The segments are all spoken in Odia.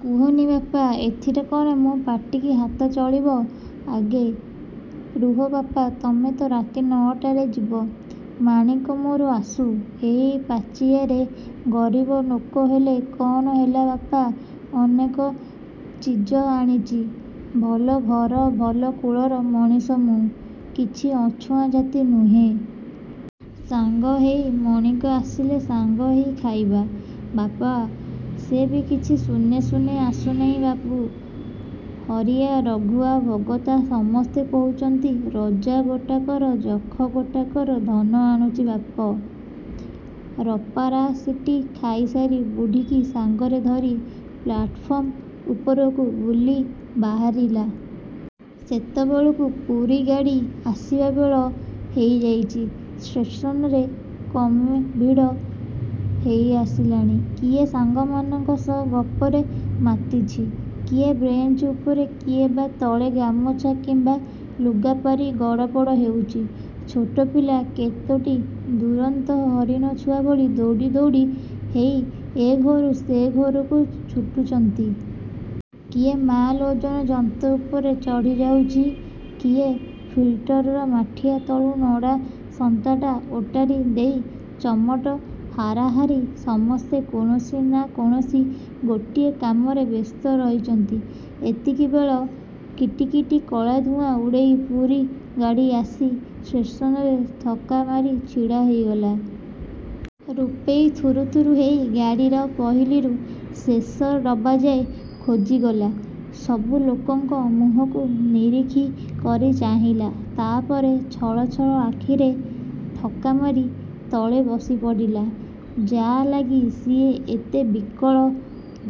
କୁହନି ବାପ, ଏଥିରେ କଣ ମୋ ପାଟିକି ହାତ ଚଳିବ ଆଗେ। ରୁହ ବାପ, ତମେ ତ ରାତି ନ'ଟାରେ ଯିବ। ମାଣିକ ମୋର ଆସୁ, ଏଇ ପାଚିଆରେ, ଗରିବ ନୋକ ହେଲେ କଣ ହେଲା ବାପ, ଅନେକ ଚିଜ ଆଣିଚି। ଭଲ ଘର, ଭଲ କୂଳର ମଣିଷ ମୁଁ, କିଛି ଅଛୁଆଁ ଜାତି ନୁହେଁ। ସାଙ୍ଗ ହେଇ, ମଣିକ ଆସିଲେ ସାଙ୍ଗ ହେଇ ଖାଇବା ବାପ। ସେ ବି କିଛି ଶୂନେ ଶୂନେ ଆସୁନେଇ ବାବୁ, ହରିଆ, ରଘୁଆ, ଭଗତା ସମତେ କହୁଚନ୍ତି–ରଜା ଗୋଟାକର, ଯଖ ଗୋଟାକର ଧନ ଆଣୁଚି ବାପ। ରପରାସିଟି ଖାଇସାରି ବୁଢ଼ୀକି ସାଙ୍ଗରେ ଧରି ପ୍ଲାଟଫର୍ମ ଉପରକୁ ବୁଲି ବାହାରିଲା। ସେତେବେଳକୁ ପୁରୀ ଗାଡ଼ି ଆସିବା ବେଳ ହେଇଯାଇଚି। ଷ୍ଟେସନରେ କ୍ରମେ ଭିଡ଼ ହେଇଆସିଲାଣି। କିଏ ସାଙ୍ଗମାନଙ୍କ ସହ ଗପରେ ମାତିଚି। କିଏ ବେଞ୍ଚ ଉପରେ କିଏ ବା ତଳେ ଗାମୁଛା କିମ୍ବା ଲୁଗାପାରି ଗଡ଼ପଡ଼ ହେଉଚି। ଛୋଟପିଲା କେତୋଟି ଦୁରନ୍ତ ହରିଣ ଛୁଆ ଭଳି ଦୌଡ଼ା ଦୌଡ଼ି ହେଇ ଏ ଘରୁ ସେ ଘରକୁ ଛୁଟୁଚନ୍ତି। କିଏ ମାଲ ଓଜନ ଯନ୍ତ୍ର ଉପରେ ଚଢ଼ି ଯାଉଚି-। କିଏ ଫିଲ୍ଟରର ମାଠିଆ ତଳୁ ନଡ଼ା ସନ୍ଥାଟା ଓଟାରି ଦେଇ ଚମ୍ପଟ। ହାରାହାରି ସମସ୍ତେ କୌଣସି ନା କୌଣସି ଗୋଟିଏ କାମରେ ବ୍ୟସ୍ତ ରହିଚନ୍ତି। ଏତିକିବେଳେ କିଟିକିଟି କଳା ଧୂଆଁ ଉଡ଼େଇ ପୁରୀ ଗାଡ଼ି ଆସି ଷ୍ଟେସନରେ ଥକ୍କା ମାରି ଛିଡ଼ା ହେଇଗଲା। ରୂପେଇ ଥୁରୁଥୁରୁ ହେଇ ଗାଡ଼ିର ପହିଲିରୁ ଶେଷ ଡବାଯାଏ ଖୋଜିଗଲା। ସବୁ ଲୋକଙ୍କ ମୁହଁକୁ ନିରୀଖି। କରି ଚାହିଁଲା। ତା'ପରେ ଛଳଛଳ ଆଖିରେ ଥକା ମାରି ତଳେ ବସିପଡ଼ିଲା। ଯା'ଲାଗି ସିଏ ଏତେ ବିକଳ,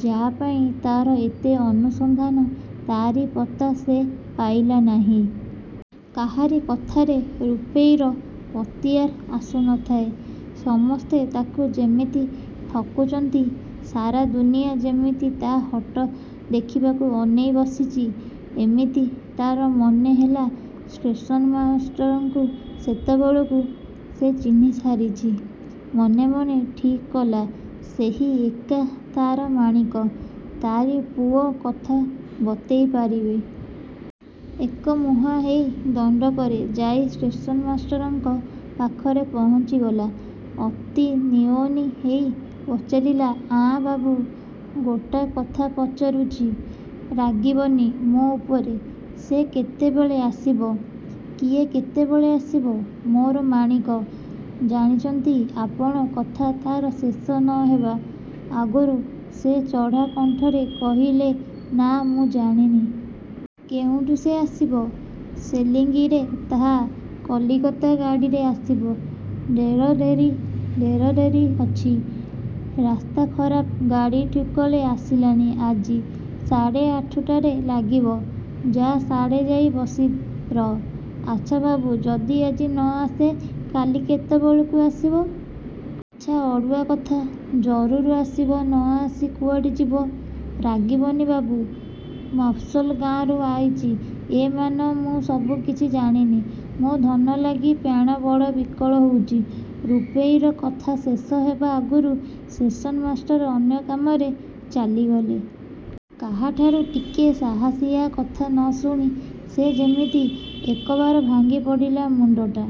ଯା'ପାଇଁ ତାର ଏତେ ଅନୁସନ୍ଧାନ, ତାରି ପତା ସେ ପାଇଲା ନାହିଁ। କାହାରି କଥାରେ ରୂପେଇର ପତିଆରା ଆସୁ ନ ଥାଏ। ସମସ୍ତେ ତାକୁ ଯେମିତି ଠକୁଚନ୍ତି। ସାରା ଦୁନିଆ ଯେମିତି ତା' ହଟ ଦେଖିବାକୁ ଅନେଇ ବସିଚି, ଏମିତି ତାର ମନେ ହେଲା-। ଷ୍ଟେସନମାଷ୍ଟରଙ୍କୁ ସେତେବେଳକୁ ସେ ଚିହ୍ନି ସାରିଚି, ମନେମନେ ଠିକ୍ କଲା ସେହି ଏକା ତାର ମାଣିକ, ତାରି ପୁଅ କଥା ବତେଇ ପାରିବେ। ଏକମୁହାଁ ହେଇ ଦଣ୍ଡକରେ ଯାଇଁ ଷ୍ଟେସନମାଷ୍ଟରଙ୍କ ପାଖରେ ପହଞ୍ଚିଗଲା। ଅତି ନିଉନ ହେଇ ପଚାରିଲା–"ଆଁ–ବାବୁ, ଗୋଟା କଥା ପଚାରୁଚି, ରାଗିବନି ମୋ ଉପରେ, ସେ କେତେବେଳେ ଆସିବ? –କିଏ କେତେବେଳେ ଆସିବ? –ମୋର ମାଣିକ, ଜାଣିଚ'ନ୍ତି ଆପଣ... କଥା ତା'ର ଶେଷ ନ ହେବା ଆଗରୁ ସେ ଚଢ଼ା କଣ୍ଠରେ କହିଲେ–ନା, ମୁଁ ଜାଣିନି। କେଉଠୁ ସେ ଆସିବ? –ଶେଲିଙ୍ଗିରେ ଥା', କଲିକତା ଗାଡ଼ିରେ ଆସିବ। –ଢେର ଡେରି, ଢେର ଡେରି ଅଛି। ରାସ୍ତା ଖରାପ, ଗାଡ଼ି ଠିକ୍ବେଳେ ଆସିଲାନି ଆଜି, ସାଢ଼େ ଆଠୁଟାରେ ଲାଗିବ। ଯା, ସାଢ଼େ ଯାଇଁ ବସି ର'। –ଆଚ୍ଛା ବାବୁ, ଯଦି ଆଜି ନ ଆସେ, କାଲି କେତେବେଳକୁ ଆସିବ? –ଆଚ୍ଛା ଅଡ଼ୁଆ କଥା। ଜରୁର୍ ଆସିବ, ନ ଆସି କୁଆଡ଼େ ଯିବ। –ରାଗିବନି ବାବୁ, ମଫସଲ ଗାଁରୁ ଆଇଚି, ଏ ମାନ ମୁଁ ସବୁ କିଛି ଜାଣିନି। ମୋ ଧନ ଲାଗି ପ୍ରାଣ ବଡ଼ ବିକଳ ହଉଚି। ରୂପେଇର କଥା ଶେଷ ହେବା ଆଗରୁ ଷ୍ଟେସନମାଷ୍ଟର ଅନ୍ୟ କାମରେ ଚାଲିଗଲେ। କାହାଠାରୁ ଟିକେ ସାହସିଆ କଥା ନ ଶୁଣି ସେ ଯେମିତି ଏକବାର ଭାଙ୍ଗି ପଡ଼ିଲା। ମୁଣ୍ଡଟା